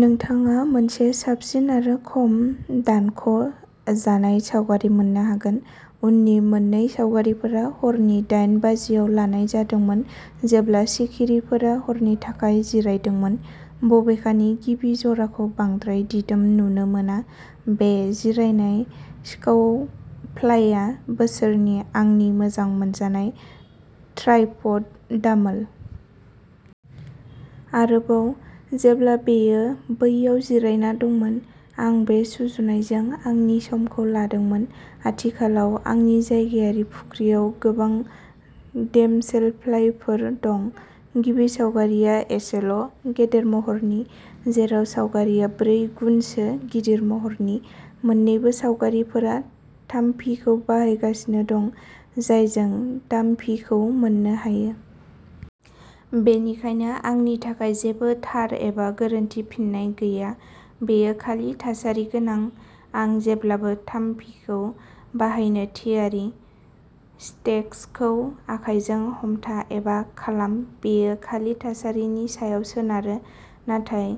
नोंथाङा मोनसे साबसिन आरो खम दानख' जानाय सावगारि मोननो हागोन। उननि मोन्नै सावगारिफोरा हरनि दाइन बाजिआव लानाय जादोंमोन जेब्ला सिखिरिफोरा हरनि थाखाय जिरायदोंमोन। बबेखानि गिबि जराखौ बांद्राय दिदोम नुनो मोना। बे जिरायनाय सिखावफ्लाइआ बोसोरनि आंनि मोजां मोनजानाय ट्राइपड दामोल। आरोबाव जेब्ला बेयो बैयाव जिरायना दंमोन, आं बे सुजुनायजों आंनि समखौ लादोंमोन। आथिखालाव आंनि जायगायारि फुख्रियाव गोबां डेमसेलफ्लाइफोर दं, गिबि सावगारिआ एसेल' गेदेर महरनि, जेराव सावगारिआ ब्रै गुनसो गिदिर महरनि। मोन्नैबो सावगारिफोरा थामफिखौ बाहायगासिनो दं, जायजों दामफिखौ मोननो हायो। बेनिखायनो आंनि थाखाय जेबो थार एबा गोरोन्थि फिननाय गैया, बेयो खालि थासारिगोनां आं जेब्लाबो थामफिखौ बाहायनो थियारि। स्टेक्सखौ आखायजों हमथा एबा खालाम बेयो खालि थासारिनि सायाव सोनारो। नाथाय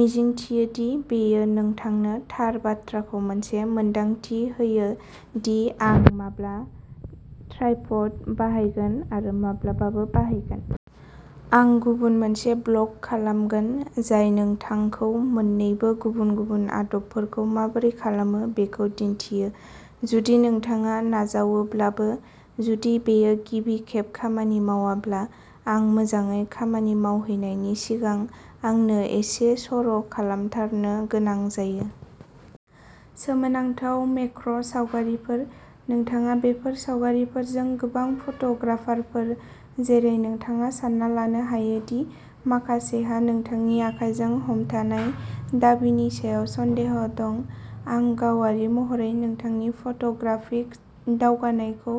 मिजिंथियो दि बेयो नोंथांनो थार बाथ्राखौ मोनसे मोनदांथि होयो दि आं माब्ला ट्राइपड बाहायगोन आरो माब्लाबाबो बाहायगोन। आं गुबुन मोनसे ब्लग खालामगोन जाय नोंथांखौ मोन्नैबो गुबुन-गुबुन आदबफोरखौ माबोरै खालामो बेखौ दिन्थियो। जुदि नोंथाङा नाजावोब्लाबो, जुदि बेयो गिबि खेब खामानि मावाब्ला, आं मोजाङै खामानि मावहैनायनि सिगां आंनो एसे सर'खालामथारनो गोनां जायो। सोमोनांथाव मेक्र'सावगारिफोर, नोंथाङा बेफोर सावगारिफोरजों गोबां फट'ग्राफारफोर, जेरै नोंथाङा सानना लानो हायो दि माखासेहा नोंथांनि आखाइजों हमथानाय दाबिनि सायाव सन्देह दं, आं गावारि महरै नोंथांनि फट'ग्राफिक दावगानायखौ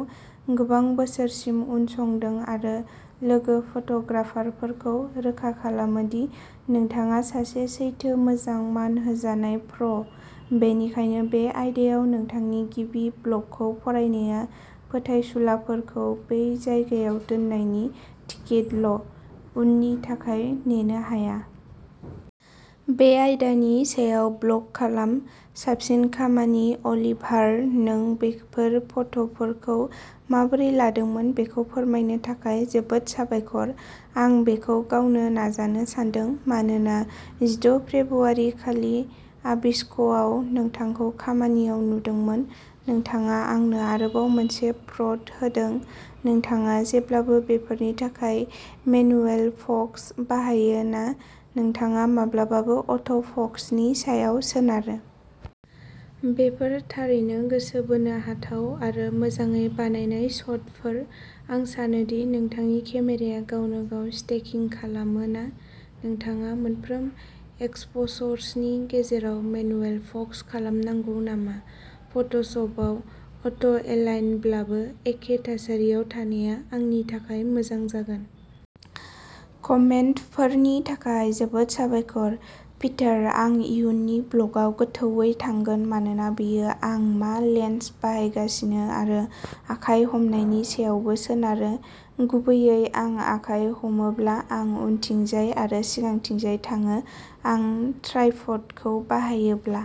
गोबां बोसोरसिम उनसंदों आरो लोगो फट'ग्राफारफोरखौ रोखा खालामो दि नोंथाङा सासे सैथो मोजां मान होजानाय प्र, बेनिखायनो बे आयदायाव नोंथांनि गिबि ब्लगखौ फरायनाया फोथायसुलाफोरखौ बै जायगायाव दोननायनि टिकेटल', उननि थाखाय नेनो हाया। बे आयदानि सायाव ब्लग खालाम, साबसिन खामानि अलिभार। नों बेफोर फट'फोरखौ माबोरै लादोंमोन बेखौ फोरमायनो थाखाय जोबोद साबायखर। आं बेखौ गावनो नाजानो सानदों, मानोना जिद' फेब्रुआरिखालि आबिस्क'आव नोंथांखौ खामानियाव नुदोंमोन। नोंथाङा आंनो आरोबाव मोनसे प्र'ड होदों, नोंथाङा जेब्लाबो बेफोरनि थाखाय मेनुएल फ'क्स बाहायो ना नोंथाङा माब्लाबाबो अट'फ'क्सनि सायाव सोनारो। बेफोर थारैनो गोसो बोनो हाथाव आरो मोजाङै बानायनाय शटफोर। आं सानो दि नोंथांनि केमेराया गावनो गाव स्टेकिंग खालामो ना नोंथाङा मोनफ्रोम एक्सप'सर्सनि गेजेराव मेनुएल फ'क्स खालामनांगौ नामा? फट'शपआव अट'एलाइनब्लाबो, एखे थासारियाव थानाया आंनि थाखाय मोजां जागोन। कमेन्टफोरनि थाखाय जोबोद साबायखर! पिटार, आं इयुननि ब्लगआव गोथौवै थांगोन मानोना बेयो आं मा लेन्स बाहायगासिनो आरो आखाय हमनायनि सायावबो सोनारो। गुबैयै, आं आखाय हमोब्ला आं उनथिंजाय आरो सिगांथिंजाय थाङो। आं ट्राइपडखौ बाहायोब्ला।